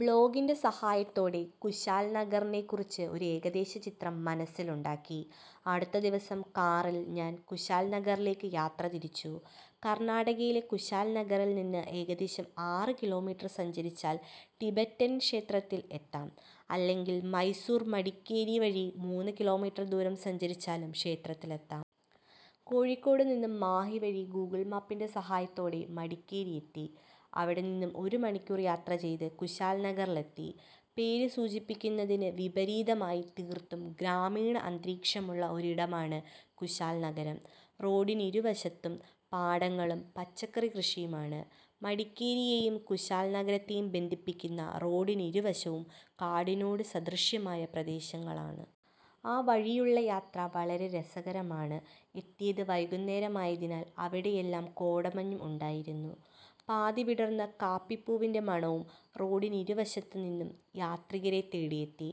ബ്ലോഗിന്റെ സഹായത്തോടെ കുശാല് നഗറിനെക്കുറിച്ച് ഒരു ഏകദേശ ചിത്രം മനസ്സില് ഉണ്ടാക്കി. അടുത്ത ദിവസം കാറില് ഞാന് കുശാല്നഗറിലേക്ക് യാത്രതിരിച്ചു. കര്ണാടകയിലെ കുശാല് നഗറില് നിന്ന് ഏകദേശം ആറ് കിലോമീറ്റര് സഞ്ചരിച്ചാല് ടിബറ്റന് ക്ഷേത്രത്തില് എത്താം. അല്ലെങ്കില് മൈസൂര്മടിക്കേരി വഴി മൂന്ന് കിലോമീറ്റര് ദൂരം സഞ്ചരിച്ചാലും ക്ഷേത്രത്തിലെത്താം. കോഴിക്കോട് നിന്നും മാഹി വഴി ഗൂഗിള് മാപ്പിന്റെ സഹായത്തോടെ മടിക്കേരി എത്തി. അവിടെ നിന്നും ഒരു മണിക്കൂര് യാത്ര ചെയ്ത് കുശാല് നഗറിലെത്തി. പേര് സൂചിപ്പിക്കുന്നതിന് വിപരീതമായി തീര്ത്തും ഗ്രാമീണ അന്തരീക്ഷമുളള ഒരിടമാണ് കുശാല്നഗരം. റോഡിനിരുവശത്തും പാടങ്ങളും പച്ചക്കറി കൃഷിയുമാണ്. മടിക്കേരിയേയും കുശാല് നഗരത്തേയും ബന്ധിപ്പിക്കുന്ന റോഡിനിരുവശവും കാടിനോട് സദൃശ്യമായ പ്രദേശങ്ങളാണ്. ആ വഴിയുളള യാത്ര വളരെ രസകരമാണ്. എത്തിയത് വൈകുേന്നരമായതിനാല് അവിടെയെല്ലാം കോടമഞ്ഞും ഉണ്ടായിരുന്നു. പാതി വിടര്ന്ന കാപ്പിപ്പൂവിന്റെ മണവും റോഡിനിരുവശത്ത് നിന്നും യാത്രികരെ തേടിയെത്തി.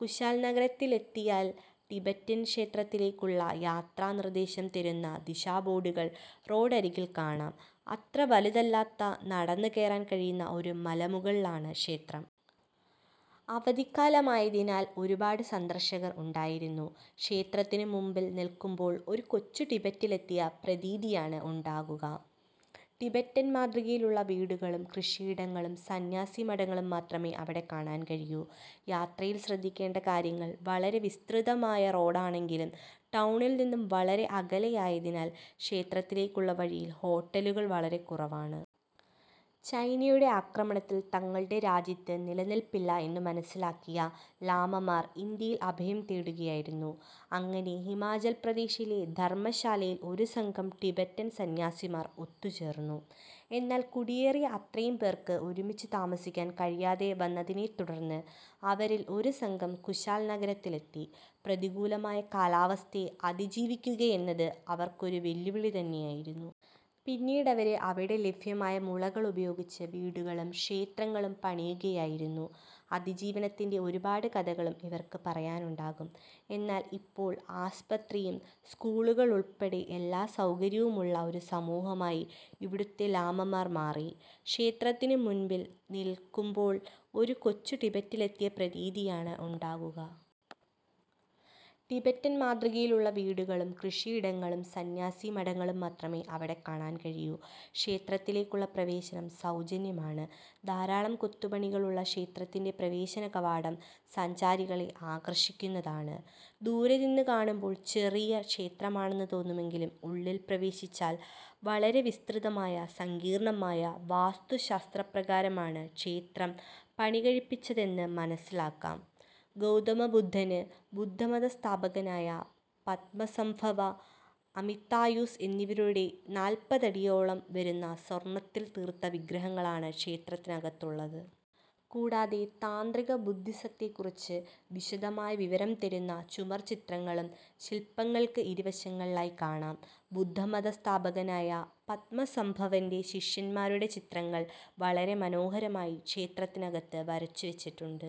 കുശാല് നഗരത്തിലെത്തിയാല് ടിബറ്റന് ക്ഷേത്രത്തിലേക്കുളള യാത്രാനിര്ദേശം തരുന്ന ദിശാബോര്ഡുകള് റോഡരികില് കാണാം. അത്ര വലുതല്ലാത്ത നടന്ന് കയറാന് കഴിയുന്ന ഒരു മലമുകളിലാണ് ക്ഷേത്രം. അവധിക്കാലമായതിനാല് ഒരുപാട് സന്ദര്ശകര് ഉണ്ടായിരുന്നു. ക്ഷേത്രത്തിനു മുമ്പില് നില്ക്കുമ്പോള് ഒരു കൊച്ചു ടിബറ്റിലെത്തിയ പ്രതീതിയാണ് ഉണ്ടാകുക. ടിബറ്റന് മാതൃകയിലുളള വീടുകളും കൃഷിയിടങ്ങളും സന്യാസിമഠങ്ങളും മാത്രമേ അവിടെ കാണാന് കഴിയൂ. യാത്രയില് ശ്രദ്ധിക്കേണ്ട കാര്യങ്ങള് വളരെ വിസ്തൃതമായ റോഡാണെങ്കിലും ടൗണില് നിന്നും വളരെ അകലെയായതിനാല് ക്ഷേത്രത്തിലേക്കുളള വഴിയില് ഹോട്ടലുകള് വളരെക്കുറവാണ്. ചൈനയുടെ ആക്രമണത്തില് തങ്ങളുടെ രാജ്യത്ത് നിലനില്പ്പില്ല എന്നു മനസ്സിലാക്കിയ ലാമമാര് ഇന്ത്യയിൽ അഭയം തേടുകയായിരുന്നു. അങ്ങനെ ഹിമാചല്പ്രദേശിലെ ധര്മ്മശാലയില് ഒരു സംഘം ടിബറ്റന് സന്യാസിമാര് ഒത്തുചേര്ന്നു. എന്നാല് കുടിയേറിയ അത്രയും പേര്ക്ക് ഒരുമിച്ച് താമസിക്കാന് കഴിയാതെ വന്നതിനെത്തുടര്ന്ന് അവരില് ഒരു സംഘം കുശാല്നഗരത്തിലെത്തി. പ്രതികൂലമായ കാലാവസ്ഥയെ അതിജീവിക്കുകയെന്നത് അവര്ക്കൊരു വെല്ലുവിളി തന്നെയായിരുന്നു. പിന്നീടവര് അവിടെ ലഭ്യമായ മുള ഉപയോഗിച്ച് വീടുകളും ക്ഷേത്രങ്ങളും പണിയുകയായിരുന്നു. അതിജീവനത്തിന്റെ ഒരു പാട് കഥകളും ഇവര്ക്ക് പറയാനുണ്ടാകും. എന്നാല് ഇപ്പോള് ആസ്പത്രിയും സ്കൂളും ഉള്പ്പെടെ എല്ലാ സൗകര്യവുമുളള ഒരു സമൂഹമായി ഇവിടുത്തെ ലാമമാര് മാറി. ക്ഷേത്രത്തിനു മുമ്പില് നില്ക്കുമ്പോള് ഒരു കൊച്ചു ടിബറ്റിലെത്തിയ പ്രതീതിയാണ് ഉണ്ടാകുക. ടിബറ്റന് മാതൃകയിലുളള വീടുകളും, കൃഷിയിടങ്ങളും, സന്യാസിമഠങ്ങളും മാത്രമേ അവിടെ കാണാന് കഴിയൂ. ക്ഷേത്രത്തിലേക്കുള്ള പ്രവേശനം സൗജന്യമാണ്. ധാരാളം കൊത്തുപണികളുളള ക്ഷേത്രത്തിന്റെ പ്രവേശനകവാടം സഞ്ചാരികളെ ആകര്ഷിക്കുതാണ്. ദൂരെ നി്ന്ന് കാണുമ്പോള് ചെറിയ ക്ഷേത്രമാണെന്നു തോന്നുമെങ്കിലും ഉള്ളില് പ്രവേശിച്ചാല് വളരെ വിസ്തൃതമായി സങ്കീര്ണ്ണമായ വാസ്തുശാസ്ത്രപ്രകാരമാണ് ക്ഷേത്രം പണിക്കഴിപ്പിച്ചതെന്ന് മനസ്സിലാക്കാം. ഗൗതമ ബുദ്ധന്, ബുദ്ധമത സ്ഥാപകനായ പദ്മസംഭവ, അമിത്തായൂസ് എന്നിവരുടെ നാല്പ്പത്തിടിയോളം വരുന്ന സ്വര്ണ്ണത്തില് തീര്ത്ത വിഗ്രഹങ്ങളാണ് ക്ഷേത്രത്തിനകത്ത് ഉളളത്. കൂടാതെ താന്ത്രിക ബുദ്ധിസത്തെക്കുറിച്ച് വിശദമായ വിവരം തരുന്ന ചുമര്ച്ചിത്രങ്ങളും ശില്പ്പങ്ങള്ക്ക് ഇരുവശങ്ങളിലായി കാണാം. ബുദ്ധമത സ്ഥാപകനായ പദ്മസംഭവന്റെ ശിഷ്യന്മാരുടെ ചിത്രങ്ങള് വളരെ മനോഹരമായി ക്ഷേത്രത്തിനകത്ത് വരച്ചുവെച്ചിട്ടുണ്ട്.